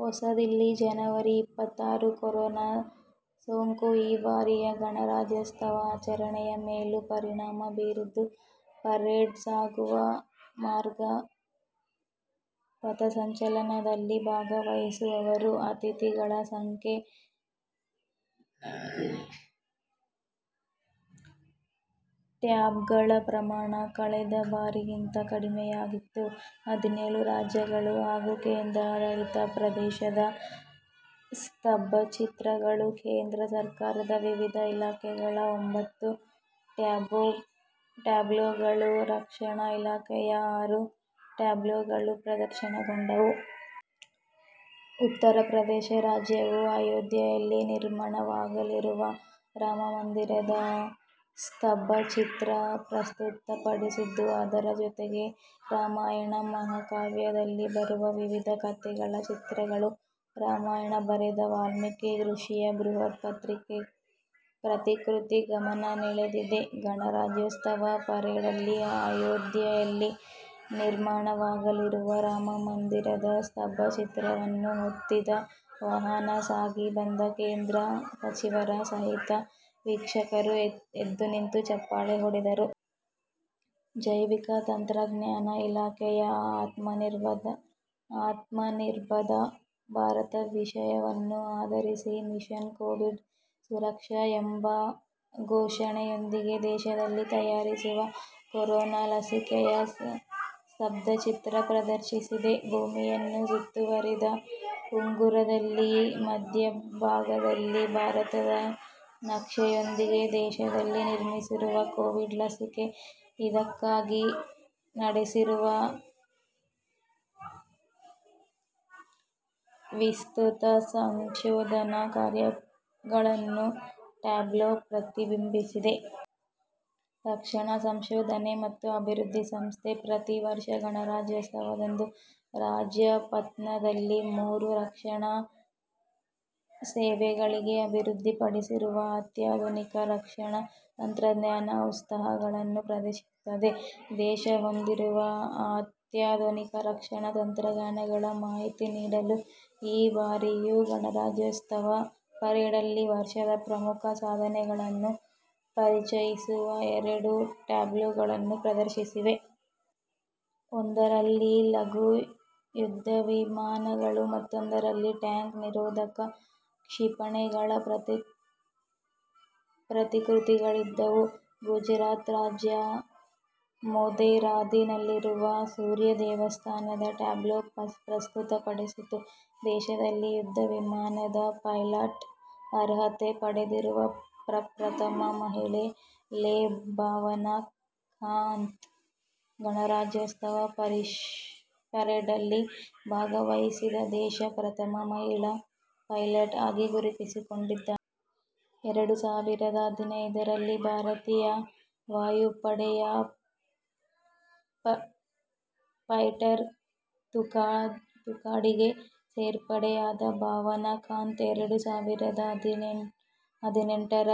ಹೊಸದಿಲ್ಲಿ, ಜನವರಿ ಇಪ್ಪತ್ತಾರು: ಕೊರೋನ ಸೋಂಕು ಈ ಬಾರಿಯ ಗಣರಾಜ್ಯೋತ್ಸವ ಆಚರಣೆಯ ಮೇಲೂ ಪರಿಣಾಮ ಬೀರಿದ್ದು ಪರೇಡ್ ಸಾಗುವ ಮಾರ್ಗ, ಪಥಸಂಚಲನದಲ್ಲಿ ಭಾಗವಹಿಸುವವರು, ಅತಿಥಿಗಳ ಸಂಖ್ಯೆ, ಟ್ಯಾಬ್ಲೊಗಳ ಪ್ರಮಾಣ ಕಳೆದ ಬಾರಿಗಿಂತ ಕಡಿಮೆಯಾಗಿತ್ತು. ಹದಿನೇಳು ರಾಜ್ಯಗಳು ಹಾಗೂ ಕೇಂದ್ರಾಡಳಿತ ಪ್ರದೇಶದ ಸ್ತಬ್ಧಚಿತ್ರಗಳು, ಕೇಂದ್ರ ಸರಕಾರದ ವಿವಿಧ ಇಲಾಖೆಗಳ ಒಂಭತ್ತು ಟ್ಯಾಬ್ಲೊಗಳು, ರಕ್ಷಣಾ ಇಲಾಖೆಯ ಆರು ಟ್ಯಾಬ್ಲೊಗಳು ಪ್ರದರ್ಶನಗೊಂಡವು. ಉತ್ತರಪ್ರದೇಶ ರಾಜ್ಯವು ಅಯೋಧ್ಯೆಯಲ್ಲಿ ನಿರ್ಮಾಣವಾಗಲಿರುವ ರಾಮಮಂದಿರದ ಸ್ತಬ್ಧಚಿತ್ರ ಪ್ರಸ್ತುತಪಡಿಸಿದ್ದು ಇದರ ಜೊತೆಗೆ ರಾಮಾಯಣ ಮಹಾಕಾವ್ಯದಲ್ಲಿ ಬರುವ ವಿವಿಧ ಕತೆಗಳ ಚಿತ್ರಗಳು, ರಾಮಾಯಣ ಬರೆದ ವಾಲ್ಮೀಕಿ ಋಷಿಯ ಬೃಹತ್ ಪ್ರತಿಕೃತಿ ಗಮನ ಸೆಳೆದಿದೆ. ಗಣರಾಜ್ಯೋತ್ಸವ ಪರೇಡ್ನಲ್ಲಿ ಅಯೋಧ್ಯೆಯಲ್ಲಿ ನಿರ್ಮಾಣವಾಗಲಿರುವ ರಾಮಮಂದಿರದ ಸ್ತಬ್ಧಚಿತ್ರವನ್ನು ಹೊತ್ತಿದ್ದ ವಾಹನ ಸಾಗಿ ಬಂದಾಗ ಕೇಂದ್ರ ಸಚಿವರ ಸಹಿತ ವೀಕ್ಷಕರು ಎದ್ದುನಿಂತು ಚಪ್ಪಾಳೆ ಹೊಡೆದರು. ಜೈವಿಕ ತಂತ್ರಜ್ಞಾನ ಇಲಾಖೆಯು ಆತ್ಮನಿರ್ಭರ ಭಾರತ ವಿಷಯವನ್ನು ಆಧರಿಸಿದ 'ಮಿಷನ್ ಕೋವಿಡ್ ಸುರಕ್ಷಾ' ಎಂಬ ಘೋಷಣೆಯೊಂದಿಗೆ ದೇಶದಲ್ಲಿ ತಯಾರಿಸಿರುವ ಕೊರೋನ ಲಸಿಕೆಯ ಸ್ತಬ್ಧಚಿತ್ರ ಪ್ರದರ್ಶಿಸಿದೆ. ಭೂಮಿಯನ್ನು ಸುತ್ತುವರಿದ ಉಂಗುರದಲ್ಲಿ ಮಧ್ಯಭಾಗದಲ್ಲಿ ಭಾರತದ ನಕ್ಷೆಯೊಂದಿಗೆ, ದೇಶದಲ್ಲಿ ನಿರ್ಮಿಸಿರುವ ಕೋವಿಡ್ ಲಸಿಕೆ, ಇದಕ್ಕಾಗಿ ನಡೆಸಿರುವ ವಿಸ್ತೃತ ಸಂಶೋಧನಾ ಕಾರ್ಯಗಳನ್ನು ಟ್ಯಾಬ್ಲೊ ಪ್ರತಿಬಿಂಬಿಸಿದೆ. ರಕ್ಷಣಾ ಸಂಶೋಧನೆ ಮತ್ತು ಅಭಿವೃದ್ಧಿ ಸಂಸ್ಥೆ ಪ್ರತೀ ವರ್ಷ ಗಣರಾಜ್ಯೋತ್ಸವದಂದು ರಾಜಪಥ್ನಲ್ಲಿ ಮೂರೂ ರಕ್ಷಣಾ ಸೇವೆಗಳಿಗೆ ಅಭಿವೃದ್ಧಿಪಡಿಸಿರುವ ಅತ್ಯಾಧುನಿಕ ರಕ್ಷಣಾ ತಂತ್ರಜ್ಞಾನ ಉತ್ಪನ್ನಗಳನ್ನು ಪ್ರದರ್ಶಿಸುತ್ತದೆ. ದೇಶ ಹೊಂದಿರುವ ಅತ್ಯಾಧುನಿಕ ರಕ್ಷಣಾ ತಂತ್ರಜ್ಞಾನಗಳ ಮಾಹಿತಿ ನೀಡಲು ಈ ಬಾರಿಯ ಗಣರಾಜ್ಯೋತ್ಸವ ಪರೇಡ್ನಲ್ಲಿ ವರ್ಷದ ಪ್ರಮುಖ ಸಾಧನೆಗಳನ್ನು ಪರಿಚಯಿಸುವ ಎರಡು ಟ್ಯಾಬ್ಲೊಗಳನ್ನು ಪ್ರದರ್ಶಿಸಿದೆ. ಒಂದರಲ್ಲಿ ಲಘು ಯುದ್ಧವಿಮಾನಗಳು, ಮತ್ತೊಂದರಲ್ಲಿ ಟ್ಯಾಂಕ್ ನಿರೋಧಕ ಕ್ಷಿಪಣಿಗಳ ಪ್ರತಿಕೃತಿಗಳಿದ್ದವು. ಗುಜರಾತ್ ರಾಜ್ಯ ಮೊಧೇರಾದಲ್ಲಿರುವ ಸೂರ್ಯ ದೇವಸ್ಥಾನದ ಟ್ಯಾಬ್ಲೊ ಪ್ರಸ್ತುತ ಪಡಿಸಿತು. ದೇಶದಲ್ಲಿ ಯುದ್ಧವಿಮಾನದ ಪೈಲಟ್ ಅರ್ಹತೆ ಪಡೆದಿರುವ ಪ್ರಪ್ರಥಮ ಮಹಿಳೆ ಲೆ ಭಾವನಾ ಕಾಂತ್, ಗಣರಾಜ್ಯೋತ್ಸವ ಪರೇಡ್ನಲ್ಲಿ ಭಾಗವಹಿಸಿದ ದೇಶದ ಪ್ರಥಮ ಮಹಿಳಾ ಪೈಲಟ್ ಆಗಿ ಗುರುತಿಸಿಕೊಂಡಿದ್ದಾರೆ. ಎರಡು ಸಾವಿರದ ಹದಿನೇಳರಲ್ಲಿ ಭಾರತೀಯ ವಾಯುಪಡೆಯ ಫೈಟರ್ ತುಕಡಿಗೆ ಸೇರ್ಪಡೆಯಾದ ಭಾವನಾ ಕಾಂತ್, ಎರಡು ಸಾವಿರದ ಹದಿನೆಂಟರ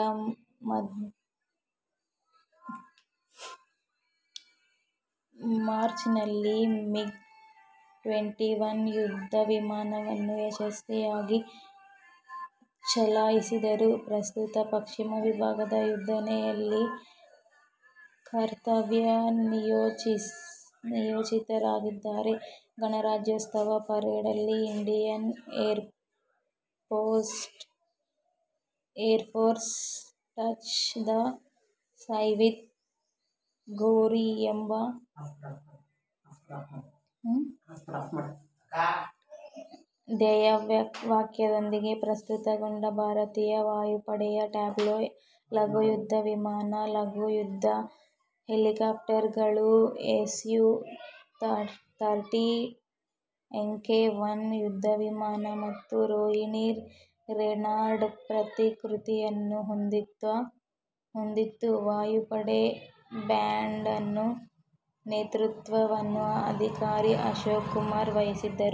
ಮಾರ್ಚ್ನಲ್ಲಿ ಮಿಗ್-ಟ್ವೆಂಟಿ ಒನ್ ಯುದ್ಧವಿಮಾನವನ್ನು ಯಶಸ್ವಿಯಾಗಿ ಚಲಾಯಿಸಿದ್ದರು. ಪ್ರಸ್ತುತ ಪಶ್ಚಿಮ ವಿಭಾಗದ ಯುದ್ಧನೆಲೆಯಲ್ಲಿ ಕರ್ತವ್ಯ ನಿಯೋಜಿತರಾಗಿದ್ದಾರೆ. ಗಣರಾಜ್ಯೋತ್ಸವ ಪರೇಡ್ನಲ್ಲಿ 'Indian air force: touch the sky with glory' ಎಂಬ ಧ್ಯೇಯವಾಕ್ಯದೊಂದಿಗೆ ಪ್ರಸ್ತುತಗೊಂಡ ಭಾರತೀಯ ವಾಯಪಡೆಯ ಟ್ಯಾಬ್ಲೊ ಲಘು ಯುದ್ಧವಿಮಾನ, ಲಘು ಯುದ್ಧ ಹೆಲಿಕಾಪ್ಟರ್ಗಳು, ಎಸ್ಯು- ಥರ್ಟಿ ಎಂಕೆ-ಒನ್ ಯುದ್ಧವಿಮಾನ ಮತ್ತು ರೋಹಿಣಿ ರೇಡಾರ್ನ ಪ್ರತಿಕೃತಿಯನ್ನು ಹೊಂದಿತ್ತು. ವಾಯುಪಡೆ ಬ್ಯಾಂಡ್ನ ನೇತೃತ್ವವನ್ನು ಅಧಿಕಾರಿ ಅಶೋಕ್ ಕುಮಾರ್ ವಹಿಸಿದ್ದರು.